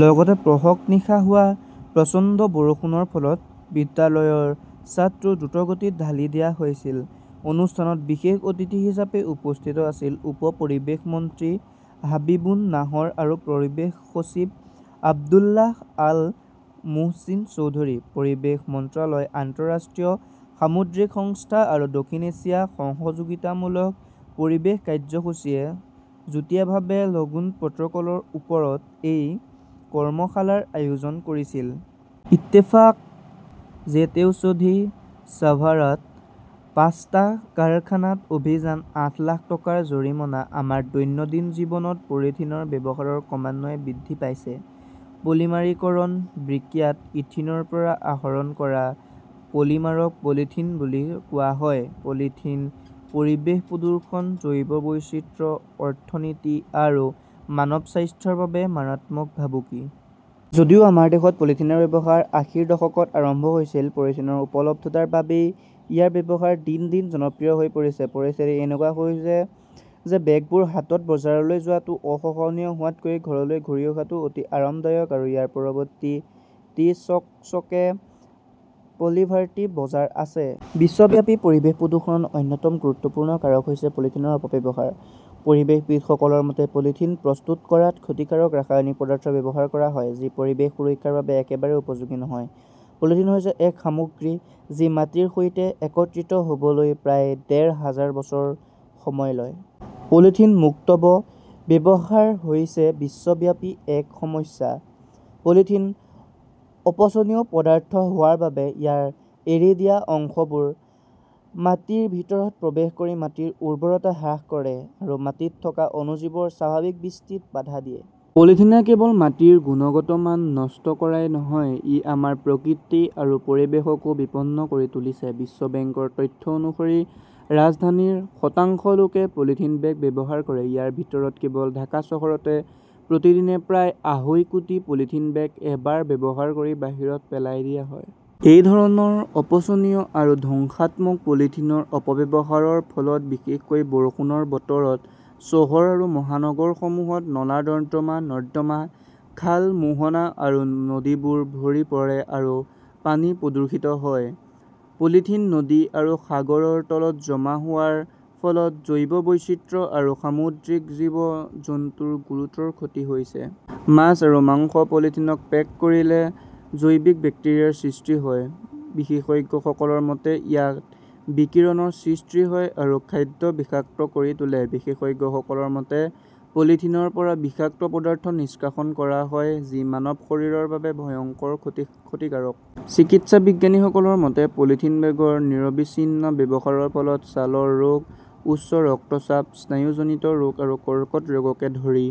লগতে পঢ়কঃ নিশা হোৱা প্ৰচণ্ড বৰষুণৰ ফলত বিদ্যালয়ৰ ছাদটো দ্ৰুতগতিত ঢালি দিয়া হৈছিল! অনুষ্ঠানত বিশেষ অতিথি হিচাপে উপস্থিত আছিল উপ পৰিৱেশ মন্ত্ৰী হাবিবুন নাহৰ আৰু পৰিৱেশ সচিব আব্দুল্লাহ আল মোহচিন চৌধুৰী। পৰিৱেশ মন্ত্ৰালয়, আন্তঃৰাষ্ট্ৰীয় সামুদ্ৰিক সংস্থা আৰু দক্ষিণ এছিয়া সহযোগিতামূলক পৰিৱেশ কাৰ্যসূচীয়ে যুটীয়াভাৱে লণ্ডন প্ৰট "কলৰ ওপৰত এই কৰ্মশালাৰ আয়োজন কৰিছিল। ইত্তেফাক/জেডএইচডি চাভাৰত পাঁচটা কাৰখানাত অভিযান, আঠ লাখ টকাৰ জৰিমনা আমাৰ দৈনন্দিন জীৱনত পলিথিনৰ ব্যৱহাৰ ক্ৰমান্বয়ে বৃদ্ধি পাইছে। পলিমাৰীকৰণ বিক্ৰিয়াত ইথিনৰ পৰা আহৰণ কৰা পলিমাৰক পলিথিন বুলি কোৱা হয়। পলিথিন পৰিৱেশ প্ৰদূষণ, জৈৱ বৈচিত্ৰ্য, অৰ্থনীতি আৰু মানৱ স্বাস্থ্যৰ বাবে মাৰাত্মক ভাবুকি। যদিও আমাৰ দেশত পলিথিনৰ ব্যৱহাৰ আশীৰ দশকত আৰম্ভ হৈছিল, পলিথিনৰ উপলব্ধতাৰ বাবেই ইয়াৰ ব্যৱহাৰ দিন দিন জনপ্ৰিয় হৈ পৰিছে। পৰিস্থিতি এনেকুৱা হৈছে যে বেগবোৰ হাতত বজাৰলৈ যোৱাটো অসহনীয় হোৱাতকৈ ঘৰলৈ ঘূৰি অহাটো অতি আৰামদায়ক আৰু ইয়াৰ পৰিৱৰ্তে টি চকচকে পলিভাৰ্টি বজাৰ আছে। বিশ্বব্যাপী পৰিৱেশ প্ৰদূষণৰ অন্যতম গুৰুত্বপূৰ্ণ কাৰক হৈছে পলিথিনৰ অপব্যৱহাৰ। পৰিৱেশবিদসকলৰ মতে, পলিথিন প্ৰস্তুত কৰাত ক্ষতিকাৰক ৰাসায়নিক পদাৰ্থ ব্যৱহাৰ কৰা হয়, যি পৰিৱেশ সুৰক্ষাৰ বাবে একেবাৰে উপযোগী নহয়। পলিথিন হৈছে এক সামগ্ৰী যি মাটিৰ সৈতে একত্ৰিত হ 'বলৈ প্ৰায় ডেৰ হাজাৰ বছৰ সময় লয়। পলিথিনৰ মুক্ত ব? ব্যৱহাৰ হৈছে বিশ্বব্যাপী এক সমস্যা। পলিথিন অপচনীয় পদাৰ্থ হোৱাৰ বাবে ইয়াৰ এৰি দিয়া অংশবোৰে মাটিৰ ভিতৰত প্ৰৱেশ কৰি মাটিৰ উৰ্বৰতা হ্ৰাস কৰে আৰু মাটিত থকা অণুজীৱৰ স্বাভাৱিক বৃদ্ধিত বাধা দিয়ে। পলিথিনে কেৱল মাটিৰ গুণগত মান নষ্ট কৰাই নহয়, ই আমাৰ প্ৰকৃতি আৰু পৰিৱেশকো বিপন্ন কৰি তুলিছে। বিশ্ব বেংকৰ তথ্য অনুসৰি ৰাজধানীৰ শতাংশ লোকে পলিথিন বেগ ব্যৱহাৰ কৰে। ইয়াৰ ভিতৰত কেৱল ঢাকা চহৰতে প্ৰতিদিনে প্ৰায় আঢ়ৈ কোটি পলিথিন বেগ এবাৰ ব্যৱহাৰ কৰি বাহিৰত পেলাই দিয়া হয়। এই ধৰণৰ অপচনীয় আৰু ধ্বংসাত্মক পলিথিনৰ অপব্যৱহাৰৰ ফলত বিশেষকৈ বৰষুণৰ বতৰত চহৰ আৰু মহানগৰসমূহত নলা-নৰ্দমা, নৰ্দমা, খাল, মোহনা আৰু নদীবোৰ ভৰি পৰে আৰু পানী প্ৰদূষিত হয়। পলিথিন নদী আৰু সাগৰৰ তলত জমা হোৱাৰ ফলত জৈৱ বৈচিত্ৰ্য আৰু সামুদ্ৰিক জীৱ-জন্তুৰ গুৰুতৰ ক্ষতি হৈছে। মাছ আৰু মাংস পলিথিনত পেক কৰিলে জৈৱিক বেক্টেৰিয়াৰ সৃষ্টি হয়। বিশেষজ্ঞসকলৰ মতে, ইয়াত বিকিৰণৰ সৃষ্টি হয় আৰু খাদ্য বিষাক্ত কৰি তোলে। বিশেষজ্ঞসকলৰ মতে পলিথিনৰ পৰা বিষাক্ত পদাৰ্থ নিষ্কাশন কৰা হয়, যি মানৱ শৰীৰৰ বাবে ভয়ংকৰ ক্ষতিকাৰক। চিকিৎসা বিজ্ঞানীসকলৰ মতে, পলিথিন বেগৰ নিৰবিচ্ছিন্ন ব্যৱহাৰৰ ফলত ছালৰ ৰোগ, উচ্চ ৰক্তচাপ, স্নায়ুজনিত ৰোগ আৰু কৰ্কট ৰোগকে ধৰি